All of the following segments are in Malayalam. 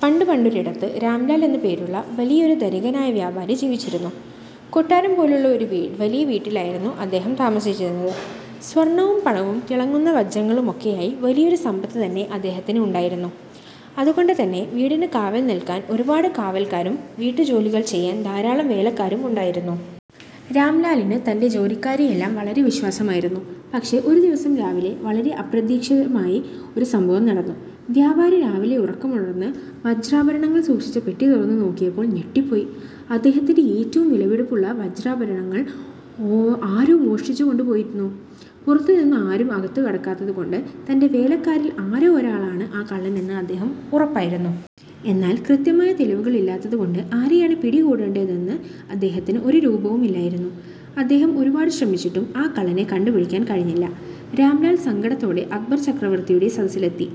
പണ്ട് പണ്ടൊരിടത്ത്, രാംലാൽ എന്ന് പേരുള്ള വലിയൊരു ധനികനായ വ്യാപാരി ജീവിച്ചിരുന്നു. കൊട്ടാരം പോലുള്ള ഒരു വലിയ വീട്ടിലായിരുന്നു അദ്ദേഹം താമസിച്ചിരുന്നത്. സ്വർണവും പണവും തിളങ്ങുന്ന വജ്രങ്ങളുമൊക്കെയായി വലിയൊരു സമ്പത്ത് തന്നെ അദ്ദേഹത്തിന് ഉണ്ടായിരുന്നു. അതുകൊണ്ട് തന്നെ വീടിന് കാവൽ നിൽക്കാൻ ഒരുപാട് കാവൽക്കാരും, വീട്ടുജോലികൾ ചെയ്യാൻ ധാരാളം വേലക്കാരുമുണ്ടായിരുന്നു. രാംലാലിന് തന്റെ ജോലിക്കാരെയെല്ലാം വളരെ വിശ്വാസമായിരുന്നു. പക്ഷേ, ഒരു ദിവസം രാവിലെ വളരെ അപ്രതീക്ഷിതമായ ഒരു സംഭവം നടന്നു! വ്യാപാരി രാവിലെ ഉറക്കമുണർന്ന് വജ്രാഭരണങ്ങൾ സൂക്ഷിച്ച പെട്ടി തുറന്നു നോക്കിയപ്പോൾ ഞെട്ടിപ്പോയി. അദ്ദേഹത്തിന്റെ ഏറ്റവും വിലപിടിപ്പുള്ള വജ്രാഭരണങ്ങൾ ആരോ മോഷ്ടിച്ചുകൊണ്ട് പോയിരുന്നു! പുറത്തുനിന്ന് ആരും അകത്തു കടക്കാത്തതു കൊണ്ട്, തന്റെ വേലക്കാരിൽ ആരോ ഒരാളാണ് ആ കള്ളനെന്ന് അദ്ദേഹം ഉറപ്പായിരുന്നു. എന്നാൽ, കൃത്യമായ തെളിവുകൾ ഇല്ലാത്തതു കൊണ്ട് ആരെയാണ് പിടികൂടേണ്ടതെന്ന് അദ്ദേഹത്തിന് ഒരു രൂപവുമില്ലായിരുന്നു. അദ്ദേഹം ഒരുപാട് ശ്രമിച്ചിട്ടും ആ കള്ളനെ കണ്ടുപിടിക്കാൻ കഴിഞ്ഞില്ല. രാംലാൽ സങ്കടത്തോടെ അക്ബർ ചക്രവർത്തിയുടെ സദസ്സിലെത്തി.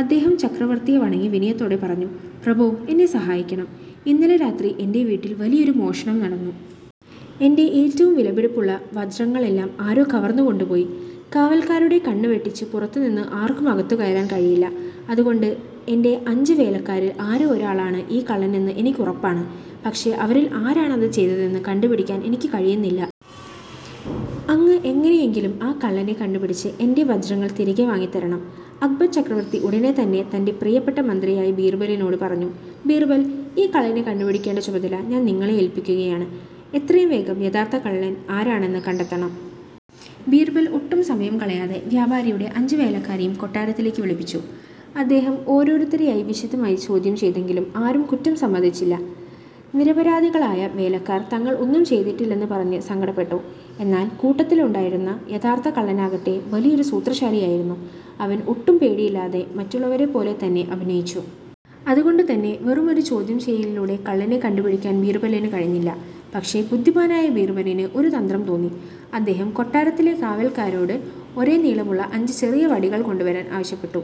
അദ്ദേഹം ചക്രവർത്തിയെ വണങ്ങി വിനയത്തോടെ പറഞ്ഞു: "പ്രഭോ, എന്നെ സഹായിക്കണം! ഇന്നലെ രാത്രി എന്റെ വീട്ടിൽ വലിയൊരു മോഷണം നടന്നു. എന്റെ ഏറ്റവും വിലപിടിപ്പുള്ള വജ്രങ്ങളെല്ലാം ആരോ കവർന്നു കൊണ്ടുപോയി. കാവൽക്കാരുടെ കണ്ണ് വെട്ടിച്ച് പുറത്തു നിന്ന് ആർക്കും അകത്തുകയറാൻ കഴിയില്ല. അതുകൊണ്ട് എന്റെ അഞ്ച് വേലക്കാരിൽ ആരോ ഒരാളാണ് ഈ കള്ളൻ എന്ന് എനിക്കുറപ്പാണ്. പക്ഷേ, അവരിൽ ആരാണ് അത് ചെയ്തതെന്ന് കണ്ടുപിടിക്കാൻ എനിക്ക് കഴിയുന്നില്ല. അങ്ങ് എങ്ങനെയെങ്കിലും ആ കള്ളനെ കണ്ടുപിടിച്ച് എന്റെ വജ്രങ്ങൾ തിരികെ വാങ്ങിത്തരണം. " അക്ബർ ചക്രവർത്തി ഉടനെ തന്നെ തന്റെ പ്രിയപ്പെട്ട മന്ത്രിയായ ബീർബലിനോട് പറഞ്ഞു: "ബീർബൽ, ഈ കള്ളനെ കണ്ടുപിടിക്കേണ്ട ചുമതല ഞാൻ നിങ്ങളെ ഏൽപ്പിക്കുകയാണ്. എത്രയും വേഗം യഥാർഥ കള്ളൻ ആരാണെന്ന് കണ്ടെത്തണം. " ബീർബൽ ഒട്ടും സമയം കളയാതെ വ്യാപാരിയുടെ അഞ്ച് വേലക്കാരെയും കൊട്ടാരത്തിലേക്ക് വിളിപ്പിച്ചു. അദ്ദേഹം ഓരോരുത്തരെയായി വിശദമായി ചോദ്യം ചെയ്തെങ്കിലും ആരും കുറ്റം സമ്മതിച്ചില്ല. നിരപരാധികളായ വേലക്കാർ തങ്ങൾ ഒന്നും ചെയ്തിട്ടില്ലെന്ന് പറഞ്ഞ് സങ്കടപ്പെട്ടു. എന്നാൽ, കൂട്ടത്തിലുണ്ടായിരുന്ന യഥാർത്ഥ കള്ളനാകട്ടെ വലിയൊരു സൂത്രശാലിയായിരുന്നു! അവൻ ഒട്ടും പേടിയില്ലാതെ മറ്റുള്ളവരെപ്പോലെ തന്നെ അഭിനയിച്ചു. അതുകൊണ്ടുതന്നെ വെറുമൊരു ചോദ്യം ചെയ്യലിലൂടെ കള്ളനെ കണ്ടുപിടിക്കാൻ ബീർബലിന് കഴിഞ്ഞില്ല. പക്ഷേ, ബുദ്ധിമാനായ ബിർബലിന് ഒരു തന്ത്രം തോന്നി. അദ്ദേഹം കൊട്ടാരത്തിലെ കാവൽക്കാരനോട് ഒരേ നീളമുള്ള അഞ്ച് ചെറിയ വടികൾ കൊണ്ടുവരാൻ ആവശ്യപ്പെട്ടു.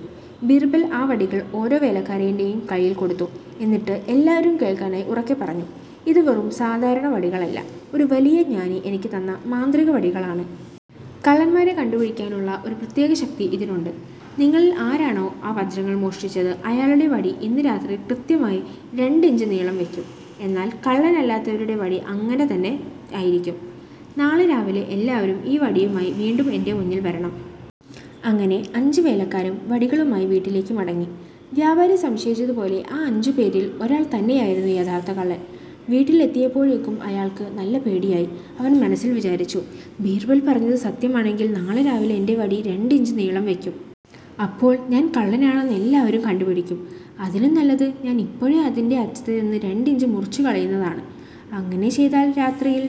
ബീർബൽ ആ വടികൾ ഓരോ വേലക്കാരന്റെയും കയ്യിൽ കൊടുത്തു. എന്നിട്ട് എല്ലാവരും കേൾക്കാനായി ഉറക്കെ പറഞ്ഞു: "ഇത് വെറും സാധാരണ വടികളല്ല, ഒരു വലിയ ജ്ഞാനി എനിക്ക് തന്ന മാന്ത്രിക വടികളാണ്! കള്ളന്മാരെ കണ്ടുപിടിക്കാനുള്ള ഒരു പ്രത്യേക ശക്തി ഇതിനുണ്ട്. നിങ്ങളിൽ ആരാണോ ആ വജ്രങ്ങൾ മോഷ്ടിച്ചത്, അയാളുടെ വടി ഇന്ന് രാത്രിയിൽ കൃത്യമായി രണ്ട് ഇഞ്ച് നീളം വയ്ക്കും! എന്നാൽ കള്ളനല്ലാത്തവരുടെ വടി അങ്ങനെ തന്നെയിരിക്കും. നാളെ രാവിലെ എല്ലാവരും ഈ വടിയുമായി വീണ്ടും എന്റെ മുന്നിൽ വരണം. " അങ്ങനെ അഞ്ച് വേലക്കാരും വടികളുമായി വീട്ടിലേക്ക് മടങ്ങി. വ്യാപാരി സംശയിച്ചതുപോലെ ആ അഞ്ചുപേരിൽ ഒരാൾ തന്നെയായിരുന്നു യഥാർഥ കള്ളൻ! വീട്ടിലെത്തിയപ്പോഴേക്കും അയാൾക്ക് നല്ല പേടിയായി. അവൻ മനസ്സിൽ വിചാരിച്ചു: "ബീർബൽ പറഞ്ഞത് സത്യമാണെങ്കിൽ നാളെ രാവിലെ എന്റെ വടി രണ്ട് ഇഞ്ച് നീളം വയ്ക്കും! അപ്പോൾ ഞാൻ കള്ളനാണെന്ന് എല്ലാവരും കണ്ടുപിടിക്കും. അതിലും നല്ലത് ഞാൻ ഇപ്പോഴേ ഇതിന്റെ അറ്റത്തു നിന്ന് രണ്ട് ഇഞ്ച് മുറിച്ചുകളയുന്നതാണ്! അങ്ങനെ ചെയ്താൽ രാത്രിയിൽ